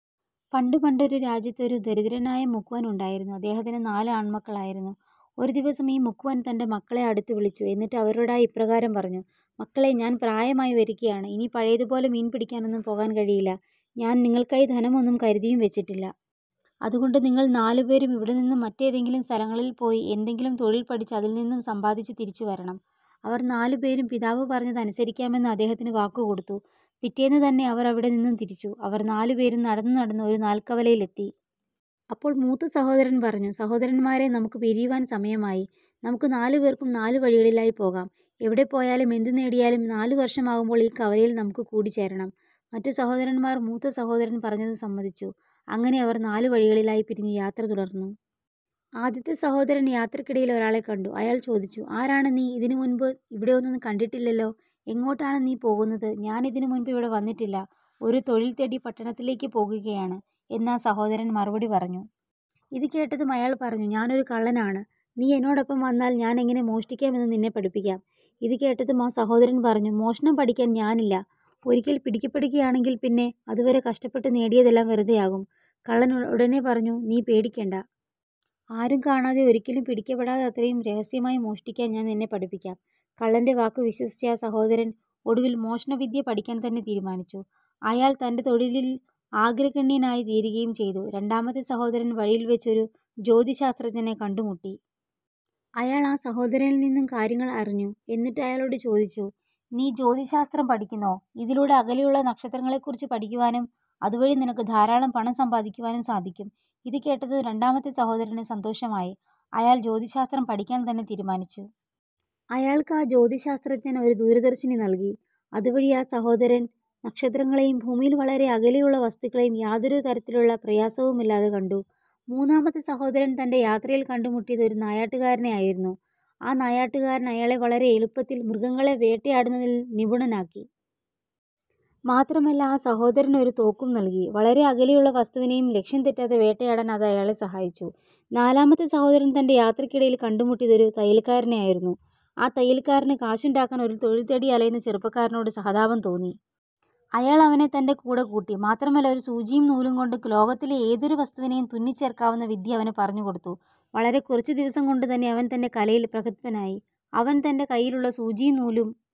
പണ്ടു പണ്ടൊരു രാജ്യത്ത് ഒരു ദരിദ്രനായ മുക്കുവൻ ഉണ്ടായിരുന്നു. അദ്ദേഹത്തിന് നാല് ആണ്മക്കളായിരുന്നു. ഒരു ദിവസം ഈ മുക്കുവൻ തന്റെ മക്കളെ അടുത്തു വിളിച്ചു. എന്നിട്ടു അവരോടായി ഇപ്രകാരം പറഞ്ഞു. "മക്കളെ, ഞാൻ പ്രായമായി വരുകയാണ്. ഇനി പഴയത് പോലെ മീൻപിടിക്കാനൊന്നും പോകാൻ കഴിയില്ല. ഞാൻ നിങ്ങൾക്കായി ധനമൊന്നും കരുതിയും വച്ചിട്ടില്ല. അതുകൊണ്ട് നിങ്ങൾ നാലു പേരും ഇവിടെ നിന്നും മറ്റേതെങ്കിലും സ്ഥലങ്ങളിൽ പോയി എന്തെങ്കിലും തൊഴിൽ പഠിച്ചു അതിൽ നിന്നും സമ്പാദിച്ചു തിരിച്ചു വരണം. " അവർ നാലുപേരും പിതാവ് പറഞ്ഞത് അനുസരിക്കാമെന്നു അദ്ദേഹത്തിന് വാക്ക് കൊടുത്തു. പിറ്റേന്ന് തന്നെ അവർ അവിടെ നിന്നും തിരിച്ചു. അവർ നാലു പേരും നടന്നു നടന്നു ഒരു നാൽക്കവലയിൽ എത്തി. അപ്പോൾ മൂത്തസഹോദരൻ പറഞ്ഞു "സഹോദരന്മാരെ നമുക്ക് പിരിയുവാൻ സമയമായി. നമുക്ക് നാലുപേർക്കും നാല് വഴികളിലായി പോകാം. എവിടെ പോയാലും എന്തു നേടിയാലും നാലു വർഷം ആകുമ്പോൾ ഈ കവലയിൽ നമുക്ക് കൂടിച്ചേരണം. " മറ്റു സഹോദരന്മാർ മൂത്ത സഹോദരൻ പറഞ്ഞതു സമ്മതിച്ചു. അങ്ങനെ അവർ നാലു വഴികളിലായി പിരിഞ്ഞു യാത്ര തുടർന്നു. ആദ്യത്തെ സഹോദരൻ യാത്രക്കിടയിൽ ഒരാളെ കണ്ടു. അയാൾ ചോദിച്ചു "ആരാണ് നീ? ഇതിനു മുൻപ് ഇവിടെ ഒന്നും കണ്ടിട്ടില്ലലോ. എങ്ങോട്ടാണ് നീ പോകുന്നത്? "ഞാൻ ഇതിനു മുൻപ് ഇവിടെ വന്നിട്ടില്ല. ഒരു തൊഴിൽ തേടി പട്ടണത്തിലേക്ക് പോകുകയാണ്. " എന്ന് ആ സഹോദരൻ മറുപടി പറഞ്ഞു. ഇതു കേട്ടതും അയാൾ പറഞ്ഞു. "ഞാനൊരു കള്ളനാണ്. നീ എന്നോടൊപ്പം വന്നാൽ ഞാൻ എങ്ങനെ മോഷ്ടിക്കാം എന്നു നിന്നെ പഠിപ്പിക്കാം. " ഇതുകേട്ടതും ആ സഹോദരൻ പറഞ്ഞു "മോഷണം പഠിക്കാൻ ഞാനില്ല. ഒരിക്കൽ പിടിക്കപ്പെടുകയാണെങ്കിൽ പിന്നെ അതുവരെ കഷ്ടപ്പെട്ടു നേടിയതെല്ലാം വെറുതെ ആകും. " കള്ളൻ ഉടനെ പറഞ്ഞു "നീ പേടിക്കണ്ട. ആരും കാണാതെ ഒരിക്കലും പിടിക്കപ്പെടാതെ അത്രയും രഹസ്യമായി മോഷ്ടിക്കാൻ ഞാൻ നിന്നെ പഠിപ്പിക്കാം. " കള്ളന്റെ വാക്ക് വിശ്വസിച്ച ആ സഹോദരൻ ഒടുവിൽ മോഷണവിദ്യ പഠിക്കാൻ തന്നെ തീരുമാനിച്ചു. അയാൾ തന്റെ തൊഴിലിൽ ആഗ്രഗണ്യനായി തീരുകയും ചെയ്തു. രണ്ടാമത്തെ സഹോദരൻ വഴിയിൽ വച്ചു ഒരു ജ്യോതിശാസ്ത്രജ്ഞനെ കണ്ടുമുട്ടി. അയാൾ ആ സഹോദരനിൽ നിന്നും കാര്യങ്ങൾ അറിഞ്ഞു. എന്നിട്ടു അയാളോട് ചോദിച്ചു "നീ ജ്യോതിശാസ്ത്രം പഠിക്കുന്നോ? ഇതിലൂടെ അകലെയുള്ള നക്ഷത്രങ്ങളെ കുറിച്ചു പഠിക്കുവാനും അതുവഴി നിനക്ക് ധാരാളം പണം സമ്പാദിക്കുവാനും സാധിക്കും. " ഇതുകേട്ടതും രണ്ടാമത്തെ സഹോദരന് സന്തോഷമായി. അയാൾ ജ്യോതിശാസ്ത്രം പഠിക്കാൻ തന്നെ തീരുമാനിച്ചു. അയാൾക്ക് ആ ജ്യോതിശാസ്ത്രജ്ഞൻ ഒരു ദൂരദർശിനി നൽകി. അതുവഴി ആ സഹോദരൻ നക്ഷത്രങ്ങളെയും ഭൂമിയിൽ വളരെ അകലെയുള്ള വസ്തുക്കളെയും യാതൊരു തരത്തിലുള്ള പ്രയാസവുമില്ലാതെ കണ്ടു. മൂന്നാമത്തെ സഹോദരൻ തന്റെ യാത്രയിൽ കണ്ടുമുട്ടിയത് ഒരു നായാട്ടുകാരനെ ആയിരുന്നു. ആ നായാട്ടുകാരൻ അയാളെ വളരെ എളുപ്പത്തിൽ മൃഗങ്ങളെ വേട്ടയാടുന്നത്തിൽ നിപുണനാക്കി. മാത്രമല്ല ആ സഹോദരന് ഒരു തോക്കും നൽകി. വളരെ അകലെയുള്ള വസ്തുവിനെയും ലക്ഷ്യം തെറ്റാതെ വേട്ടയാടാൻ അത് അയാളെ സഹായിച്ചു. നാലാമത്തെ സഹോദരൻ തന്റെ യാത്രക്കിടയിൽ കണ്ടുമുട്ടിയത് ഒരു തയ്യൽക്കാരനെ ആയിരുന്നു. ആ തയ്യൽക്കാരന് കാശുണ്ടാക്കാൻ ഒരു തൊഴിൽ തേടി അലയുന്ന ചെറുപ്പക്കാരനോട് സഹതാപം തോന്നി. അയാൾ അവനെ തന്റെ കൂടെ കൂട്ടി. മാത്രമല്ല ഒരു സൂചിയും നൂലും കൊണ്ട് ലോകത്തിലെ ഏതൊരു വസ്തുവിനെയും തുന്നിച്ചേർക്കാവുന്ന വിദ്യ അവനു പറഞ്ഞു കൊടുത്തു. വളരെ കുറച്ചു ദിവസം കൊണ്ടു തന്നെ അവൻ തന്റെ കലയിൽ പ്രഗത്ഭനായി. അവൻ തന്റെ കൈയിലുള്ള സൂചിയും നൂലും